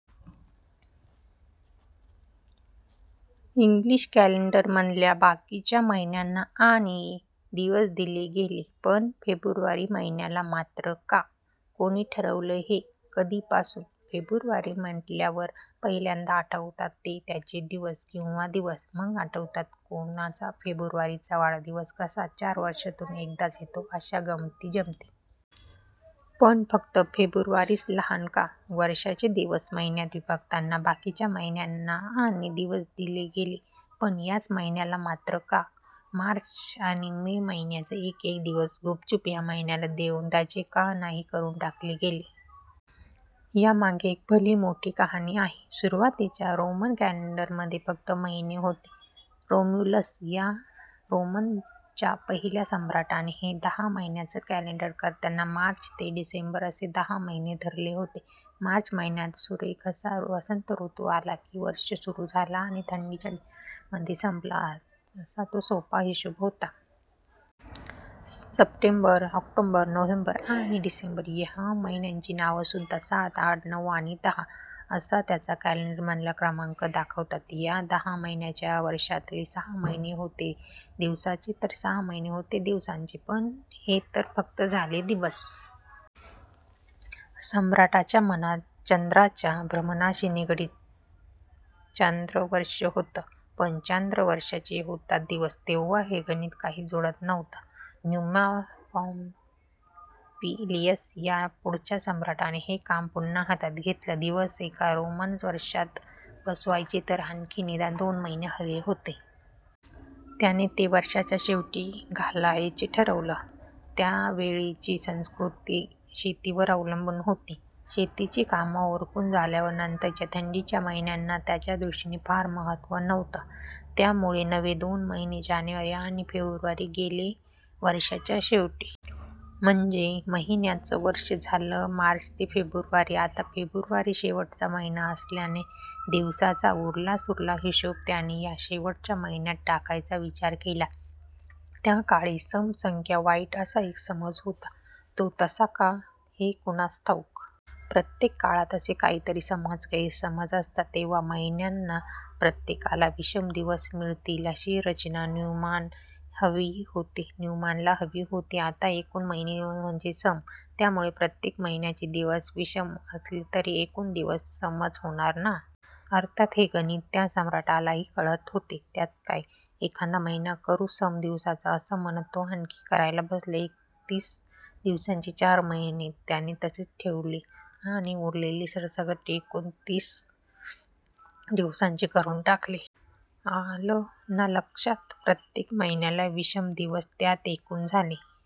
English कॅलेंडरमधल्या बाकीच्या महिन्यांना आणि दिवस दिले गेले, पण फेब्रुवारी महिन्याला मात्र का? कोणी ठरवलं हे? कधीपासून? फेब्रुवारी म्हटल्यावर पहिल्यांदा आठवतात ते त्याचे दिवस किंवा दिवस. मग आठवतात कोणाचा फेब्रुवारीचा वाढदिवस कसा चार वर्षांतून एकदाच येतो, अशा गमतीजमती. पण फक्त फेब्रुवारीच लहान का? वर्षाचे दिवस महिन्यात विभागताना बाकीच्या महिन्यांना आणि दिवस दिले गेले, पण याच महिन्याला मात्र का? मार्च आणि मे महिन्यांचा एक एक दिवस गुपचुप या महिन्याला देऊन त्याचे का नाही करून टाकले गेले? यामागे एक भली मोठ्ठी कहाणी आहे. सुरुवातीच्या रोमन कॅलेंडरमध्ये फक्त महिने होते. रोम्युलस या रोमच्या पहिल्या सम्राटाने हे दहा महिन्यांचं कॅलेंडर करताना मार्च ते डिसेंबर असे दहा महिने धरले होते. मार्च महिन्यात सुरेखसा वसंत ऋतू आला की वर्ष सुरू झालं आणि थंडीच्या डिसेंबरमध्ये संपलं, असा तो सोपा हिशेब होता. सप्टेंबर, ऑक्टोबर, नोव्हेंबर, आणि डिसेंबर ह्या महिन्यांची नावंसुद्धा सात, आठ, नऊ, आणि दहा असा त्यांचा कॅलेंडरमधला क्रमांक दाखवतात. या दहा महिन्यांच्या वर्षातले सहा महिने होते दिवसांचे तर चार महिने होते दिवसांचे. पण हे तर फक्त झाले दिवस. सम्राटाच्या मनात चंद्राच्या भ्रमणाशी निगडित चांद्र वर्षं होतं. पण चांद्र वर्षाचे होतात दिवस. तेव्हा हे गणित काही जुळत नव्हतं. न्यूमा पॉम्पीलियस या पुढच्या सम्राटाने हे काम पुन्हा हातात घेतलं. दिवस एका रोमन वर्षात बसवायचे तर आणखी निदान दोन महिने हवे होते. त्याने ते वर्षाच्या शेवटी घालायचे ठरवलं. त्यावेळची संस्कृती शेतीवर अवलंबून होती. शेतीची कामं उरकून झाल्यावर नंतरच्या थंडीच्या महिन्यांना त्यांच्या दृष्टीने फार महत्त्व नव्हतं. त्यामुळे नवे दोन महिने जानेवारी आणि फेब्रुवारी गेले वर्षाच्या शेवटी. म्हणजे महिन्यांचं वर्ष झालं मार्च ते फेब्रुवारी. आता फेब्रुवारी शेवटचा महिना असल्याने दिवसांचा उरलासुरला हिशेब त्याने या शेवटच्या महिन्यात टाकायचा विचार केला. त्या काळी सम संख्या वाईट असा एक समज होता. तो तसा का, हे कुणास ठाऊक. प्रत्येक काळात असे काहीतरी समज-गैरसमज असतात. तेव्हा महिन्यांना प्रत्येकाला विषम दिवस मिळतील, अशी रचना न्यूमाला हवी होती. आता एकूण महिने म्हणजे सम. त्यामुळे प्रत्येक महिन्याचे दिवस विषम असले तरी एकूण दिवस समच होणार ना? अर्थात, हे गणित त्या सम्राटालाही कळत होतं. त्यात काय, एखादा महिना करू सम दिवसाचा, असं म्हणत तो आखणी करायला बसला. एकतीस दिवसांचे चार महिने त्याने तसेच ठेवले आणि उरलेले सरसकट एकोणतीस दिवसांचे करून टाकले. आलं ना लक्षात, प्रत्येक महिन्याला विषम दिवस. त्यात एकूण झाले